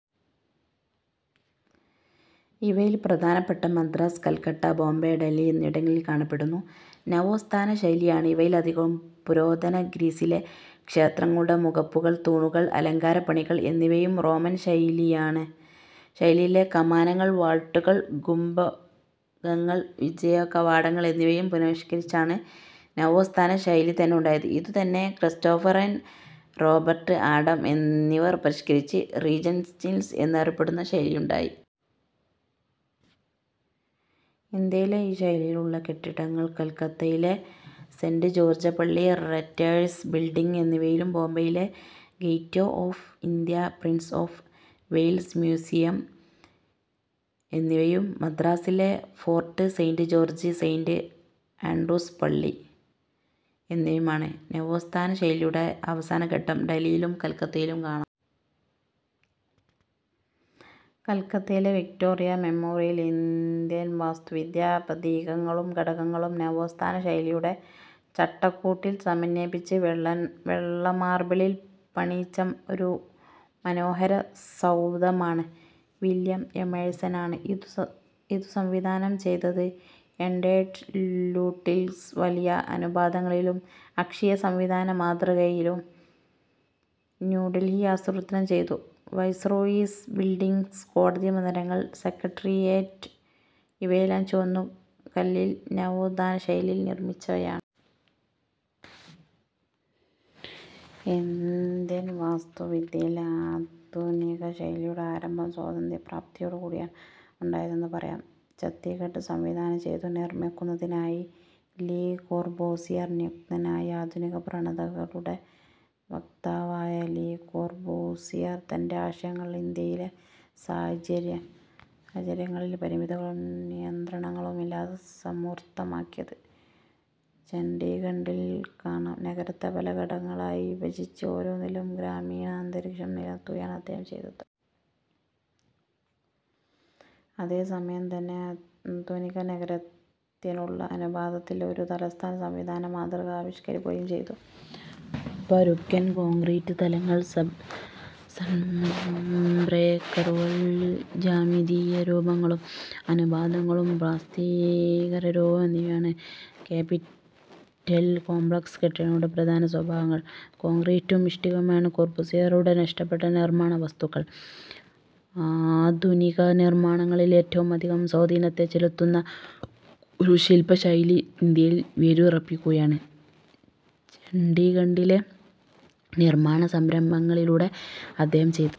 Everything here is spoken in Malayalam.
ഇവയിൽ പ്രധാനപ്പെട്ടവ മദ്രാസ്, കൽക്കട്ട, ബോംബെ, ഡൽഹി എന്നിവിടങ്ങളിൽ കാണപ്പെടുന്നു. നവോസ്ഥാന ശൈലിയാണ് ഇവയിലധികവും. പുരാതനഗ്രീസിലെ ക്ഷേത്രങ്ങളുടെ മുഖപ്പുകൾ, തൂണുകൾ, അലങ്കാരപ്പണികൾ എന്നിവയും റോമൻ ശൈലിയിലെ കമാനങ്ങൾ, വാൾട്ടുകൾ, കുംഭകങ്ങൾ, വിജയകവാടങ്ങൾ എന്നിവയും പുനരാവിഷ്കരിച്ചാണ് നവോസ്ഥാന ശൈലിതന്നെ ഉണ്ടായത്. ഇതു തന്നെ ക്രിസ്റ്റോഫർ റെൻ, റോബർട്ട് ആഡം എന്നിവർ പരിഷ്കരിച്ച് റീജൻസിസ്റ്റൈൽസ് എന്നറിയപ്പെടുന്ന ശൈലിയുണ്ടായി. ഇന്ത്യയിൽ ഈ ശൈലിയിലുള്ള കെട്ടിടങ്ങൾ കൽക്കത്തയിലെ സെന്റ് ജോർജ്പള്ളി റൈറ്റേഴ്സ് ബിൽഡിംഗ് എന്നിവയും ബോബെയിലെ gateway of India, Prince of Wales museum എന്നിവയും മദ്രാസിലെ fort Saint George, Saint Andrews പള്ളി എന്നിവയും ആണ്. നവോസ്ഥാനശൈലിയുടെ അവസാനഘട്ടം ഡൽഹിയിലും കൽക്കത്തയിലും കാണാം. കൽക്കത്തയിലെ വിക്റ്റോറിയ മെമ്മോറിയൽ ഇന്ത്യൻ വാസ്തുവിദ്യാ പ്രതീകങ്ങളും ഘടകങ്ങളും നവോസ്ഥാനശൈലിയുടെ ചട്ടക്കൂട്ടിൽ സമന്വയിപ്പിച്ച് വെള്ളമാർബിളിൽ പണിയിച്ച ഒരുമനോഹര സൗധമാണ്. വില്യം എമേഴ്സൺ ആണ് ഇതു സംവിധാനം ചെയ്തത്. എഡ്വേർഡ് ലൂട്ടിൽസ് വലിയ അനുപാതങ്ങളിലും അക്ഷീയസംവിധാന മാതൃകയിലും ന്യൂഡൽഹി ആസൂത്രണം ചെയ്തു വൈസ്രോയീസ് ബിൽഡിംഗ്സ്, കോടതിമന്ദിരങ്ങൾ, സെക്രട്ടേറിയറ്റ് ഇവയെല്ലാം ചുവന്നകല്ലിൽ നവോത്ഥാനശൈലിയിൽ നിർമിച്ചവയാണ്. ഇന്ത്യൻവാസ്തു വിദ്യയിൽ ആധുനികശൈലിയുടെ ആരംഭം സ്വാതന്ത്ര്യ പ്രാപ്തിയോടുകൂടിയാണ് ഉണ്ടായതെന്നു പറയാം. ചണ്ഡിഗഡ് സംവിധാനം ചെയ്തു നിർമ്മിക്കുന്നതിനായി ലീ കോർബൂസിയർ നിയുക്തനായി. ആധുനിക പ്രവണതകളുടെ വക്താവായ ലീ കോർബൂസിയർ തന്റെ ആശയങ്ങൾ ഇന്ത്യയിലെ സാഹചര്യങ്ങളിൽ പരിമിതികളും നിയന്ത്രണങ്ങളുമില്ലാതെ സമൂർത്തമാക്കിയത് ചണ്ഡിഗഡിൽ കാണാം. നഗരത്തെ പല ഘടകങ്ങളായി വിഭജിച്ച് ഓരോന്നിലും ഗ്രാമീണാന്തരീക്ഷം നിലനിർത്തുകയാണ് അദ്ദേഹം ചെയ്തത്. അതേ സമയംതന്നെ ആധുനിക നഗരത്തിനുള്ള അനുപാതത്തിൽ ഒരു തലസ്ഥാന സംവിധാനമാതൃക ആവിഷ്കരിക്കുകയും ചെയ്തു. പരുക്കൻ കോൺക്രീറ്റ് തലങ്ങൾ, സൺബ്രേക്കറുകൾ, ജ്യാമിതീയ രൂപങ്ങളും അനുപാതങ്ങളും, പ്ലാസ്തീകരരൂപം എന്നിവയാണ് കാപ്പിറ്റൽ കോംപ്ലക്സ് കെട്ടിടങ്ങളുടെ പ്രധാന സ്വഭാവങ്ങൾ. കോൺക്രീറ്റും ഇഷ്ടികയുമാണ് കോർബുസിയറുടെ ഇഷ്ടപ്പെട്ട നിർമ്മാണ വസ്തുക്കൾ. ആധുനിക നിർമ്മാണങ്ങളിൽ ഏറ്റവും അധികം സ്വാധീനത ചെലുത്തുന്ന ഒരു ശില്പശൈലി ഇന്ത്യയിൽ വേരുറപ്പിക്കുകയാണ് ചണ്ഡിഗഡിലെ നിർമ്മാണ സംരംഭങ്ങളിലൂടെ അദ്ദേഹം ചെയ്തത്.